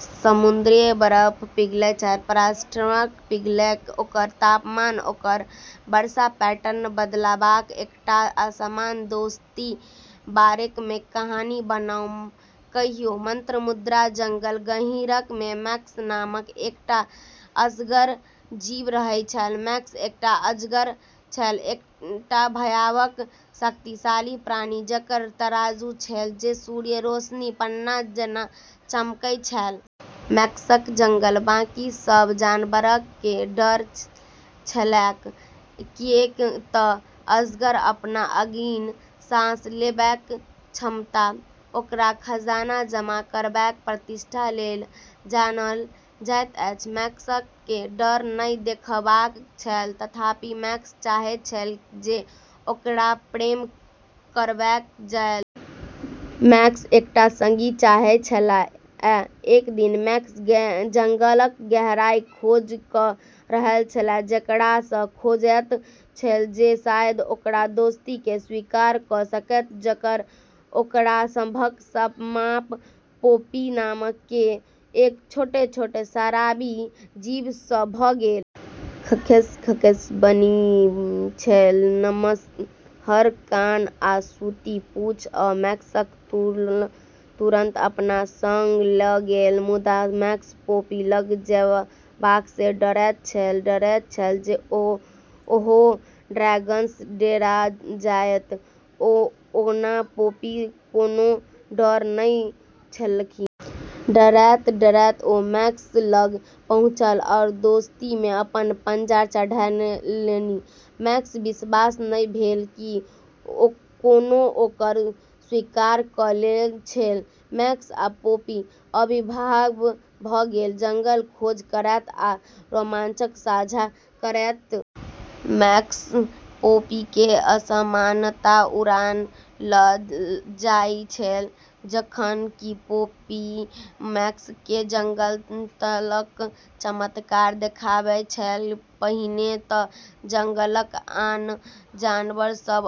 समुद्री बर्फक पिघलब, परमाफ्रॉस्टक पिघलब, आओर तापमान आओर वर्षाक पैटर्नमे बदलावक। एकटा असामान्य दोस्तीक बारेमे कहानी बनाउ। कहियो मंत्रमुग्ध जंगलक गहींरमे मैक्स नामक एकटा असगर जीव रहैत छल। मैक्स एकटा अजगर छल, एकटा भयावह, शक्तिशाली प्राणी जकर तराजू छल जे सूर्यक रोशनीमे पन्ना जकाँ चमकैत छल। मैक्ससँ जंगलक बाँकी सब जानवरकेँ डर छलैक, किऐक तऽ अजगर अपन आगि-साँस लेबैक क्षमता आओर खजाना जमा करबैक प्रतिष्ठा लेल जानल जाइत छल। मैक्सकेँ डर नहि देखेबाक छल, तथापि; मैक्स चाहैत छल जे ओकरा प्रेम कएल जाय। मैक्सकेँ एकटा संगी चाही छल। एक दिन मैक्स जंगलक गहराईक खोज कऽ रहल छल, जेकरासँ खोजैत छल जे शायद ओकर दोस्तीकेँ स्वीकार कऽ सकै जखन ओकरा सभक सामना पोपी नाम केर एक छोट-छोट, शराबी जीवसँ भऽ गेलै। खसखस बन्नी छल, नम्हर कान आ सूती-पूँछ, आ मैक्सकेँ तुरन्त अपना संग लऽ गेलै। मुदा मैक्स पोपी लग जेबासँ डरैत छल, डरैत छल जे ओहो ड्रैगनसँ डेरा जायत। ओना पोपीकेँ कोनो डर नहि छलनि। डरैत-डरैत ओ मैक्स लग पहुँचलीह, आ दोस्तीमे अपन पंजा चढ़ौलनि। मैक्सकेँ विश्वास नहि भेलै कि कोनो ओकरा स्वीकार कऽ लेने छल! मैक्स आ पोपी अविभाज्य भऽ गेल, जंगलक खोज करैत आ रोमांच साझा करैत। मैक्स पोपीकेँ आसमानमे उड़ैत लऽ जाइत छल, जखन कि पोपी मैक्सकेँ जंगलक तलक चमत्कार देखाबैत छल। पहिने तँ जंगलक आन जानवर सभ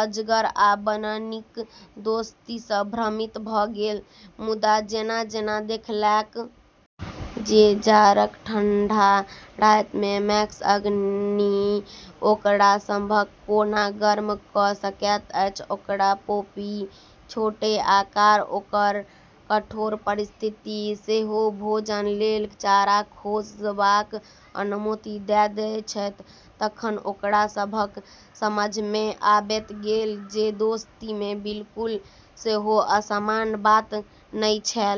अजगर आ बन्नीक दोस्तीसँ भ्रमित भऽ गेल छल। मुदा जेना-जेना देखलकै जे जाड़ाक ठंडा रातमे मैक्सक आगि ओकरा सभकेँ कोना गरम कऽ सकैत छै, आओर पोपीक छोट आकार ओकरा कठोर परिस्थितिमे सेहो भोजन लेल चारा खोजबाक अनुमति दैत छै, तखन ओकरा सभकेँ समझैमे आबि गेलै जे ई दोस्तीमे बिल्कुल सेहो असामान्य बात नहि छै।